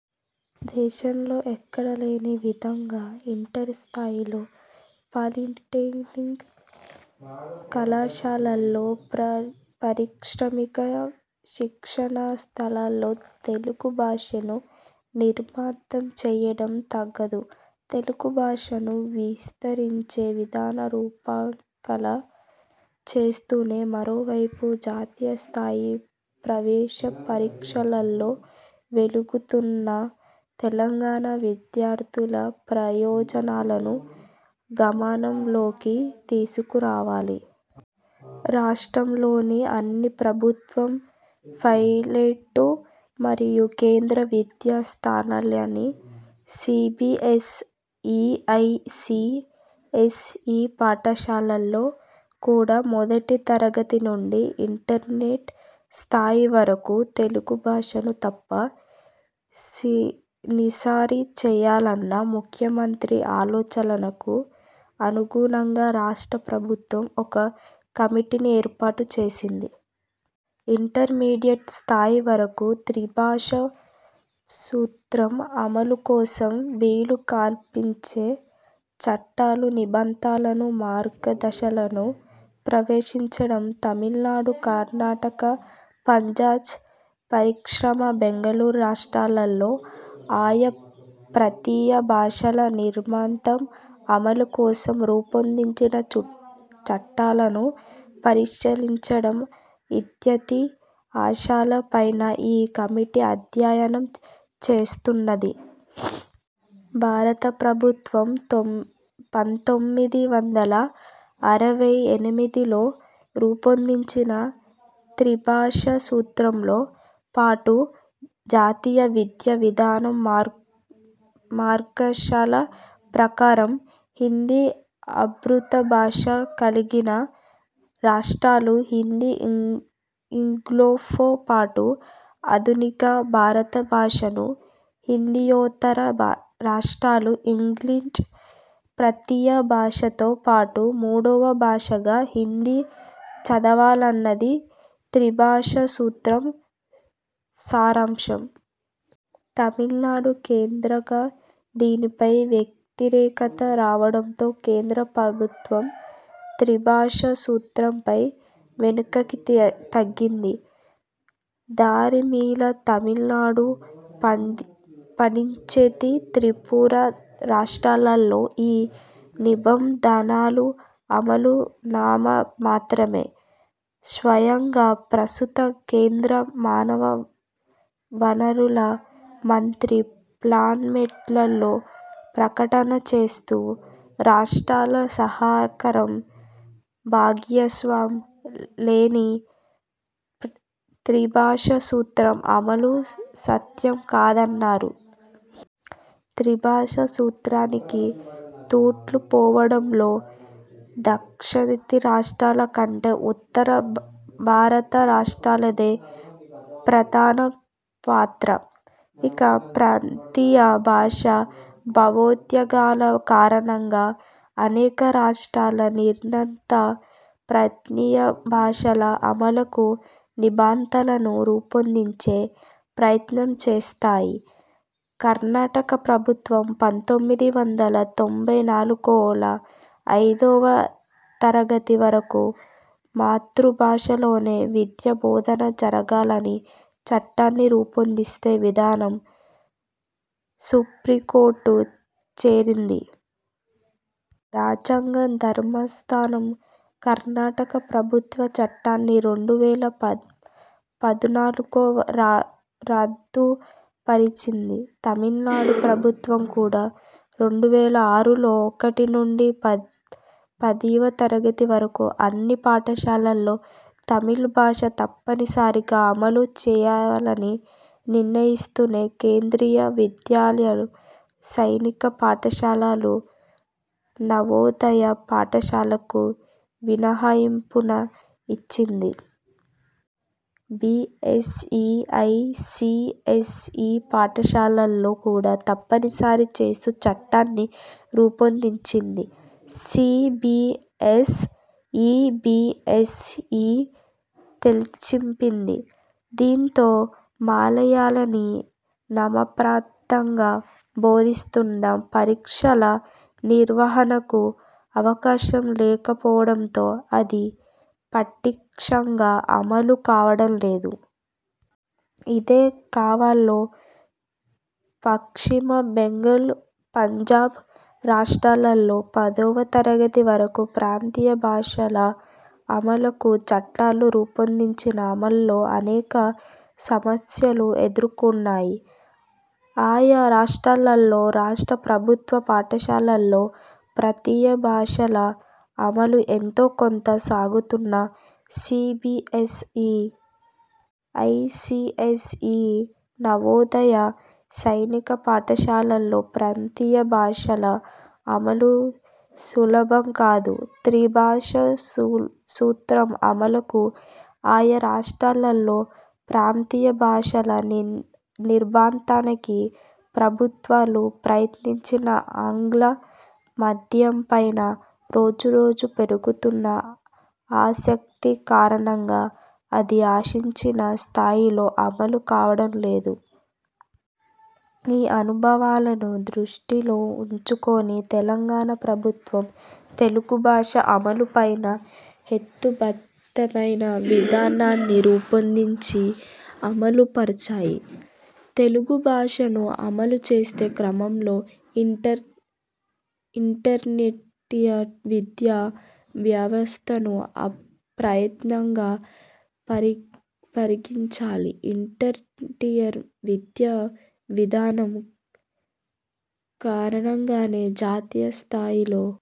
దేశంలో ఎక్కడా లేని విధంగా ఇంటర్ స్థాయిలో పాలిటెక్నిక్ కళాశాల్లో, పారిశ్రామిక శిక్షణా సంస్థల్లో తెలుగు భాషను నిర్భందం చేయడం తగదు. తెలుగు భాషను విస్తరించే విధాన రూప కల్పన చేస్తూనే మరోవైపు జాతీయ స్థాయి ప్రవేశ పరీక్షలలో వెలుగొందుతున్న తెలంగాణ విద్యార్థుల ప్రయోజనాలనూ గమనం లోకి తీసుకోవాలి. రాష్ట్రంలోని అన్ని ప్రభుత్వ, ప్రైవేటు మరియు కేంద్ర విద్యా సంస్థలైన C. B. S. E., I. C. S. E. పాఠశాలల్లో కూడ మొదటి తరగతి నుండి ఇంటర్మీడియట్ స్థాయి వరకు తెలుగు భాషను తప్ప నిసరి చేయాలన్న ముఖ్యమంత్రి ఆలోచనకు అనుగుణంగా రాష్ట్ర ప్రభుత్వం ఒక కమిటిని ఏర్పాటు చేసింది. ఇంటర్ మీడియట్ స్థాయి వరకు త్రిభాష సూత్రం అమలు కోసం వీలు కల్పించే చట్టాలు, నిబంధనలు, మార్గ దర్శకాలను పరిశీలించడం. తమిళనాడు, కర్ణాటక, పంజాబ్, పశ్చిమ బెంగాల్ రాష్ట్రాలలో ఆయా ప్రాంతీయ భాషల నిర్బంధ అమలు కోసం రూపొందించిన చట్టాలను పరిశీలించడం ఇత్యాది అంశాల పైన ఈ కమిటీ అధ్యయనం చేస్తున్నది. భారత ప్రభుత్వం పంతొమ్మిది వందల అరవై ఎనిమిదిలో రూపొందించిన త్రిభాష సూత్రంతో పాటు జాతీయ విద్యా విధానం మార్గదర్శకాల ప్రకారం హిందీ మాతృభాష కలిగిన రాష్ట్రాలు హిందీ ఇంగ్లీష్తో పాటు ఆధునిక భారత భాషనూ, హిందీయేతర రాష్ట్రాలు ఇంగ్లీష్, ప్రాంతీయ భాషలతో పాటు మూడవ భాషగా హిందీ చదవాలన్నది త్రిభాష సూత్రం సారాంశం. తమిళనాడు కేంద్రంగా దీనిపైన వ్యతిరేకత రావడంతో కేంద్ర ప్రభుత్వం త్రిభాష సూత్రంపై వెనక్కి తగ్గింది. దరిమిలా తమిళనాడు, పాండిచ్చేరి, త్రిపుర రాష్ట్రాలలో ఈ నిబం ధనలు అమలు నామ మాత్రమే. స్వయంగా ప్రస్తుత కేంద్ర మానవ వనరుల మంత్రి పార్లమెంటులో ప్రకటన చేస్తూ రాష్ట్రాల సహకారం, భాగస్వామ్యం లేనిది త్రిభాష సూత్రం అమలు సాధ్యం కాదన్నారు. త్రిభాషా సూత్రానికి తూట్లు పొడవడంలో దక్షిణాది రాష్ట్రాల కంటే ఉత్తర భారత రాష్ట్రాలదే ప్రధాన పాత్ర. ఇక, ప్రాంతీయ భాషా భావోద్వేగాల కారణంగా అనేక రాష్ట్రాలు నిర్బంధ ప్రాంతీయ భాషల అమలుకు నిబంధనలను రూపొందించే ప్రయత్నం చేసాయి. కర్ణాటక ప్రభుత్వం పంతొమ్మిది వందల తొంభై నాలుగులో ఐదవ తరగతి వరకు మాతృ భాషలోనే విద్యా బోధన జరగాలని చట్టాన్ని రూపొందిస్తే వివాదం సుప్రీంకోర్టుకు చేరింది. రాజ్యంగ ధర్మాసనం కర్ణాటక ప్రభుత్వ చట్టాన్ని రెండు వేల పద్నాలుగులో రద్దు పరిచింది. తమిళనాడు ప్రభుత్వం కూడా రెండు వేల ఆరులో ఒకటి నుండి పదివ తరగతి వరకు అన్ని పాఠశాలల్లో తమిళ భాషను తప్పని సరిగా అమలు పరచాలని నిర్ణయిస్తూనే కేంద్రీయ విద్యాలయాలు, సైనిక పాఠశాలలు, నవోదయ పాఠశాలలకు మినహాయింపును ఇచ్చింది. B. S. E., I. C. S. E. పాఠశాలల్లో కూడా తప్పనిసరి చేస్తూ చట్టాన్ని రూపొందించింది. C. B. S. E. B. S. E. తేల్చిచెప్పింది. దీంతో మలయాళీని నామమాత్రంగా బోధిస్తున్నా పరీక్షల నిర్వహణకు అవకాశం లేక పోవడంతో అది పటిష్ఠంగా అమలు కావడం లేదు. ఇదే కోవలో పశ్చిమ బెంగాల్ పంజాబ్ రాష్ట్రాలలో పదివ తరగతి వరకు ప్రాంతీయ భాషల అమలుకు చట్టాలు రూపొందించినా అమలులో అనేక సమస్యలు ఎదురవుతున్నాయి. ఆయా రాష్ట్రాల్లో రాష్ట్ర ప్రభుత్వ పాఠశాలల్లో ప్రాంతీయ భాషల అమలు ఎంతో కొంత సాగుతున్నా C. B. S. E., I. C. S. E., Navodaya, సైనిక పాఠశాలల్లో ప్రాంతీయ భాషల అమలు సులభం కాదు. త్రిభాషా సూత్రం అమలుకు, ఆయా రాష్ట్రాల్లో ప్రాంతీయ భాషల నిర్బంధానికీ ప్రభుత్వాలు ప్రయత్నించినా ఆంగ్ల మాధ్యమం పైన రోజు రోజుకు పెరుగుతున్న ఆసక్తి కారణంగా అది ఆశించిన స్థాయిలో అమలు కావడంలేదు. ఈ అనుభవాలను దృష్టిలో ఉంచుకొని తెలంగాణ ప్రభుత్వం తెలుగు భాష అమలు పైన హేతు బద్ధమైన విధానాన్ని రూపొందించి అమలు పరచాలి. తెలుగు భాషను అమలు చేసే క్రమంలో ఇంటర్మీడియట్ విద్యా వ్యవస్థను ప్రత్యేకంగా పరిగణించాలి. ఇంటర్మీడియట్ విద్యా విధానం కారణంగానే జాతీయ స్థాయిలో